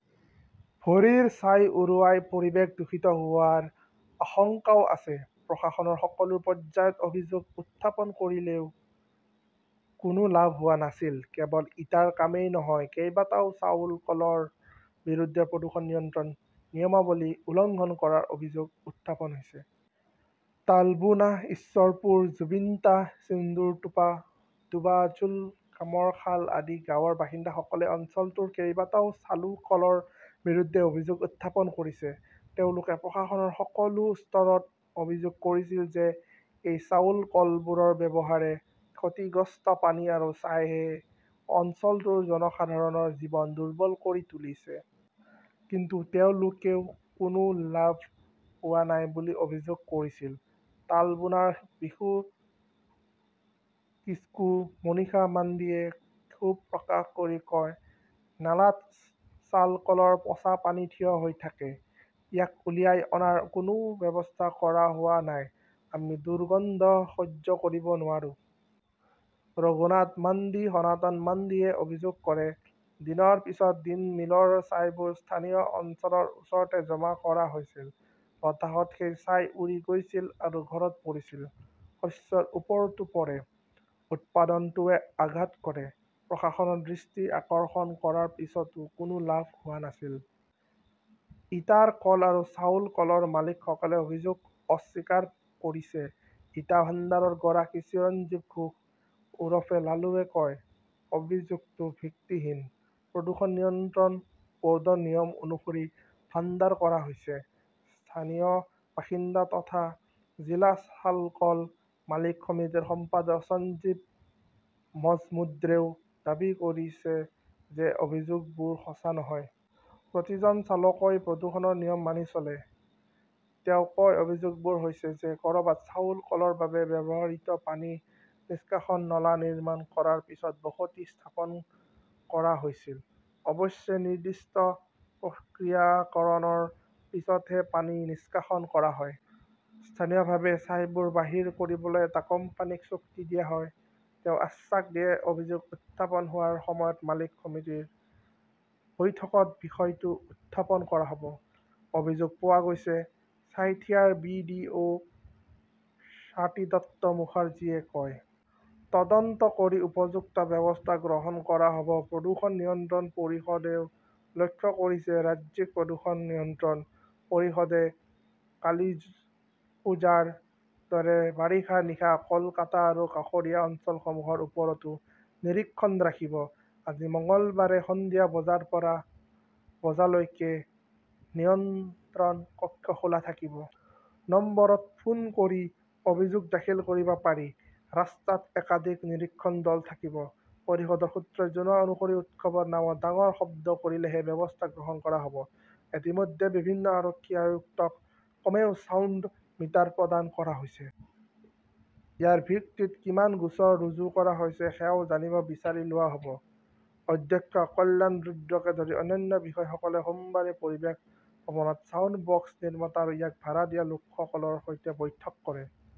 ভৰিৰ ছাই উৰুৱাই পৰিৱেশ দূষিত হোৱাৰ আশংকাও আছে। প্ৰশাসনৰ সকলো পৰ্যায়ত অভিযোগ উত্থাপন কৰিলেও কোনো লাভ হোৱা নাছিল। কেৱল ইটাৰ কামেই নহয়, কেইবাটাও চাউল কলৰ বিৰুদ্ধে প্ৰদূষণ নিয়ন্ত্ৰণ নিয়মাৱলী উলংঘন কৰাৰ অভিযোগ উত্থাপন হৈছে। তালবোনা, ঈশ্বৰপুৰ, জুৱিন্টা, ছিন্দুৰটোপা, ধোবাজোল, কামৰশাল আদি গাঁৱৰ বাসিন্দাসকলে অঞ্চলটোৰ কেইবাটাও চালু কলৰ বিৰুদ্ধে অভিযোগ উত্থাপন কৰিছে। তেওঁলোকে প্ৰশাসনৰ সকলো স্তৰত অভিযোগ কৰিছিল যে এই চাউল কলবোৰৰ ব্যৱহাৰে ক্ষতিগ্ৰস্ত পানী আৰু ছাইয়ে অঞ্চলটোৰ জনসাধাৰণৰ জীৱন দুৰ্বল কৰি তুলিছে। কিন্তু তেওঁলোকেও কোনো লাভ হোৱা নাই বুলি অভিযোগ কৰিছিল। তালবোনাৰ বিশু কিস্কু, মনীষা মাড্ডীয়ে ক্ষোভ প্ৰকাশ কৰি কয়, নালাত চালকলৰ পচা পানী থিয় হৈ থাকে। ইয়াক উলিয়াই অনাৰ কোনো ব্যৱস্থা কৰা হোৱা নাই। আমি দুৰ্গন্ধ সহ্য কৰিব নোৱাৰোঁ। ৰঘুনাথ মাড্ডী, সনাতন মাড্ডীয়ে অভিযোগ কৰে, দিনৰ পিছত দিন মিলৰ ছাইবোৰ স্থানীয় অঞ্চলৰ ওচৰতে জমা কৰা হৈছিল। বতাহত সেই ছাই উৰি গৈছিল আৰু ঘৰত পৰিছিল। শস্যৰ ওপৰতো পৰে। উৎপাদনটোৱে আঘাত কৰে। প্ৰশাসনৰ দৃষ্টি আকৰ্ষণ কৰাৰ পিছতো কোনো লাভ হোৱা নাছিল। ইটাৰ কল আৰু চাউল কলৰ মালিকসকলে অভিযোগ অস্বীকাৰ কৰিছে। ইটা ভাণ্ডাৰৰ গৰাকী চিৰঞ্জীৱ ঘোষ উৰফে লালুৱে কয়, অভিযোগটো ভিত্তিহীন। প্ৰদূষণ নিয়ন্ত্ৰণ বৰ্ডৰ নিয়ম অনুসৰি ভাণ্ডাৰ কৰা হৈছে। স্থানীয় বাসিন্দা তথা জিলা চালকল মালিক সমিতিৰ সম্পাদক সঞ্জীৱ মজমুদ্ৰেও দাবী কৰিছে যে অভিযোগবোৰ সঁচা নহয়। প্ৰতিজন চালকই প্ৰদূষণৰ নিয়ম মানি চলে। তেওঁ কয়, অভিযোগবোৰ হৈছে যে কৰবাত চাউল কলৰ বাবে ব্যৱহৃত পানী নিষ্কাশন নলা নিৰ্মাণ কৰাৰ পিছত বসতি স্থাপন কৰা হৈছিল। অৱশ্যে, নিৰ্দিষ্ট প্ৰক্ৰিয়াকৰণৰ পিছতহে পানী নিষ্কাশন কৰা হয়। স্থানীয়ভাৱে ছাইবোৰ বাহিৰ কৰিবলৈ এটা কোম্পানীক চুক্তি দিয়া হয়। তেওঁ আশ্বাস দিয়ে, অভিযোগ উত্থাপন হোৱাৰ সময়ত মালিক সমিতিৰ বৈঠকত বিষয়টো উত্থাপন কৰা হব। অভিযোগ পোৱা গৈছে, ছাইথিয়াৰ B. D. O. Swati Dutta মুখাৰ্জীয়ে কয়। তদন্ত কৰি উপযুক্ত ব্যৱস্থা গ্ৰহণ কৰা হব। প্ৰদূষণ নিয়ন্ত্ৰণ পৰিষদেও লক্ষ্য কৰিছে ৰাজ্যিক প্ৰদূষণ নিয়ন্ত্ৰণ পৰিষদে কালিপ্পুঝাৰ দৰে বাৰিষাৰ নিশা কলকাতা আৰু কাষৰীয়া অঞ্চলসমূহৰ ওপৰতো নিৰীক্ষণ ৰাখিব। আজি মঙলবাৰে সন্ধিয়া বজাৰ পৰা বজালৈকে নিয়ন্ত্ৰণ কক্ষ খোলা থাকিব। নম্বৰত ফোন কৰি অভিযোগ দাখিল কৰিব পাৰি। ৰাস্তাত একাধিক নিৰীক্ষণ দল থাকিব। পৰিষদৰ সূত্ৰই জনোৱা অনুসৰি উৎসৱৰ নামত ডাঙৰ শব্দ কৰিলেহে ব্যৱস্থা গ্ৰহণ কৰা হব। ইতিমধ্যে বিভিন্ন আৰক্ষী আয়ুক্তক কমেও ছাউণ্ড মিটাৰ প্ৰদান কৰা হৈছে। ইয়াৰ ভিত্তিত কিমান গোচৰ ৰুজু কৰা হৈছে সেয়াও জানিব বিচাৰি লোৱা হব। অধ্যক্ষ কল্যাণ ৰুদ্ৰকে ধৰি অন্যান্য বিষয়াসকলে সোমবাৰে পৰিৱেশ ভৱনত ছাউণ্ড বক্স নিৰ্মাতা আৰু ইয়াক ভাড়া দিয়া লোকসকলৰ সৈতে বৈঠক কৰে।